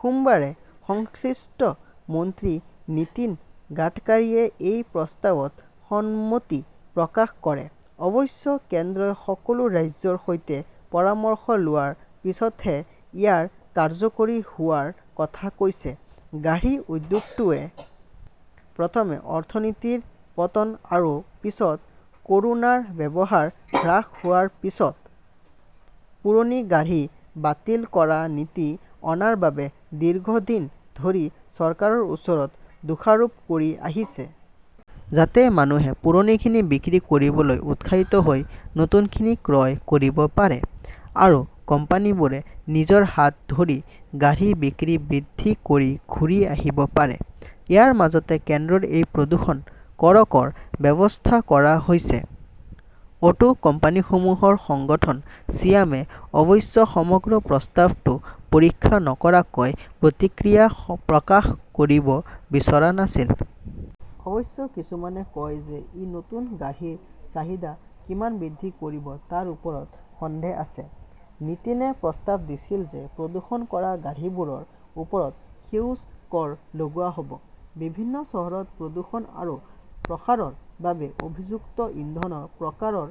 সোমবাৰে সংশ্লিষ্ট মন্ত্ৰী নিতিন গাডকীৰীয়ে এই প্ৰস্তাৱত সন্মতি প্ৰকাশ কৰে। অৱশ্যে, কেন্দ্ৰই সকলো ৰাজ্যৰ সৈতে পৰামৰ্শ লোৱাৰ পিছতহে ইয়াৰ কাৰ্যকৰী হোৱাৰ কথা কৈছে। গাড়ী উদ্যোগটোৱে প্ৰথমে অৰ্থনীতিৰ পতন আৰু পিছত কৰোনাৰ ব্যৱসায় হ্ৰাস হোৱাৰ পিছত পুৰণি গাড়ী বাতিল কৰা নীতি অনাৰ বাবে দীৰ্ঘদিন ধৰি চৰকাৰৰ ওচৰত দোষাৰোপ কৰি আহিছে। যাতে মানুহে পুৰণিখিনি বিক্ৰী কৰিবলৈ উৎসাহিত হৈ নতুনখিনি ক্ৰয় কৰিব পাৰে। আৰু কোম্পানীবোৰে নিজৰ হাত ধৰি গাড়ী বিক্ৰী বৃদ্ধি কৰি ঘূৰি আহিব পাৰে। ইয়াৰ মাজতে কেন্দ্ৰৰ এই প্ৰদূষণ কৰকৰ ব্যৱস্থা কৰা হৈছে। অটো কোম্পানীসমূহৰ সংগঠন ছিয়ামে অৱশ্যে সমগ্ৰ প্ৰস্তাৱটো পৰীক্ষা নকৰাকৈ প্ৰতিক্ৰিয়া প্ৰকাশ কৰিব বিচৰা নাছিল। অৱশ্যে, কিছুমানে কয় যে ই নতুন গাড়ীৰ চাহিদা কিমান বৃদ্ধি কৰিব তাৰ ওপৰত সন্দেহ আছে। নিটিনে প্ৰস্তাৱ দিছিল যে প্ৰদূষণ কৰা গাড়ীবোৰৰ ওপৰত সেউজ কৰ লগোৱা হ 'ব। বিভিন্ন চহৰত প্ৰদূষণ আৰু প্ৰসাৰৰ বাবে অভিযুক্ত ইন্ধনৰ প্ৰকাৰৰ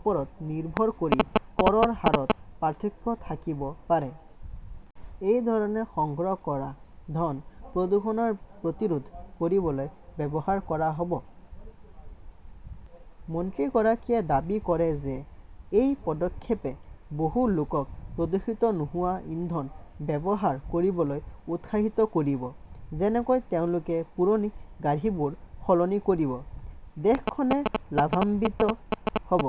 ওপৰত নিৰ্ভৰ কৰি কৰৰ হাৰত পাৰ্থক্য থাকিব পাৰে। এই ধৰণে সংগ্ৰহ কৰা ধন প্ৰদূষণৰ প্ৰতিৰোধ কৰিবলৈ ব্যৱহাৰ কৰা হ'ব। মন্ত্ৰীগৰাকীয়ে দাবী কৰে যে এই পদক্ষেপে বহু লোকক প্ৰদূষিত নোহোৱা ইন্ধন ব্যৱহাৰ কৰিবলৈ উৎসাহিত কৰিব, যেনেকৈ তেওঁলোকে পুৰণি গাড়ীবোৰ সলনি কৰিব। দেশখনে লাভান্বিত হ'ব।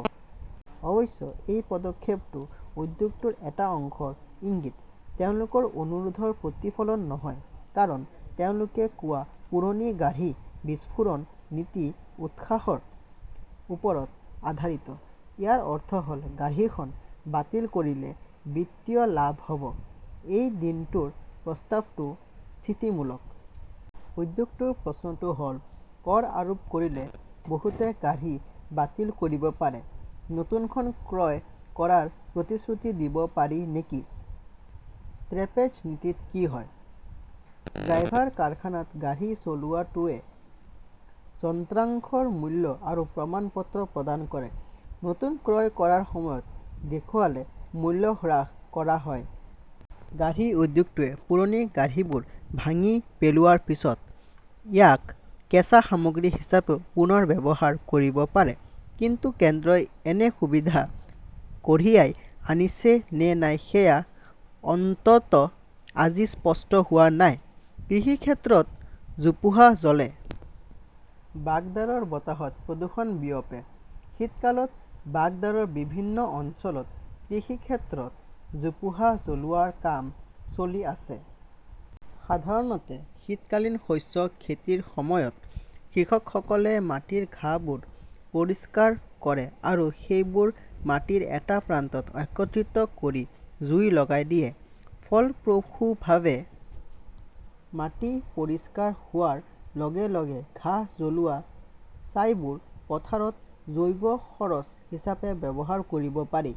অৱশ্যে, এই পদক্ষেপটো উদ্যোগটোৰ এটা অংশৰ ইংগিত, তেওঁলোকৰ অনুৰোধৰ প্ৰতিফলন নহয়। কাৰণ, তেওঁলোকে কোৱা পুৰণি গাড়ী বিস্ফোৰণ নীতি উৎসাহৰ ওপৰত আধাৰিত। ইয়াৰ অৰ্থ হ'ল গাড়ীখন বাতিল কৰিলে বিত্তীয় লাভ হ'ব। এই দিনটোৰ প্ৰস্তাৱটো স্তিতিমূলক। উদ্যোগটোৰ প্ৰশ্নটো হ'ল, কৰ আৰোপ কৰিলে বহুতে গাড়ী বাতিল কৰিব পাৰে। নতুনখন ক্ৰয় কৰাৰ প্ৰতিশ্ৰুতি দিব পাৰি নেকি? স্ক্ৰেপেজ নীতিত কি হয়। ড্ৰাইভাৰ কাৰখানাত গাড়ী চলোৱাটোৱে যন্ত্ৰাংশৰ মূল্য আৰু প্ৰমাণপত্ৰ প্ৰদান কৰে। নতুন ক্ৰয় কৰাৰ সময়ত দেখুৱালে মূল্য হ্ৰাস কৰা হয়। গাড়ী উদ্যোগটোৱে পুৰণি গাড়ীবোৰ ভাঙি পেলোৱাৰ পিছত ইয়াক কেঁচা সামগ্ৰী হিচাপেও পুনৰ ব্যৱহাৰ কৰিব পাৰে। কিন্তু কেন্দ্ৰই এনে সুবিধা কঢ়িয়াই আনিছে নে নাই সেয়া অন্ততঃ আজি স্পষ্ট হোৱা নাই। কৃষিক্ষেত্ৰত জোপোহা জ্বলে, বাগদাৰৰ বতাহত প্ৰদূষণ বিয়পে শীতকালত বাগদাৰৰ বিভিন্ন অঞ্চলত কৃষিক্ষেত্ৰত জোপোহা জ্বলোৱাৰ কাম চলি আছে। সাধাৰণতে শীতকালীন শস্য খেতিৰ সময়ত, কৃষকসকলে মাটিৰ ঘাঁহবোৰ পৰিষ্কাৰ কৰে আৰু সেইবোৰ মাটিৰ এটা প্ৰান্তত একত্ৰিত কৰি জুই লগাই দিয়ে। ফলপ্ৰসূভাৱে মাটি পৰিষ্কাৰ হোৱাৰ লগে-লগে ঘাঁহ জ্বলোৱা ছাইবোৰ পথাৰত জৈৱ খৰচ হিচাপে ব্যৱহাৰ কৰিব পাৰি।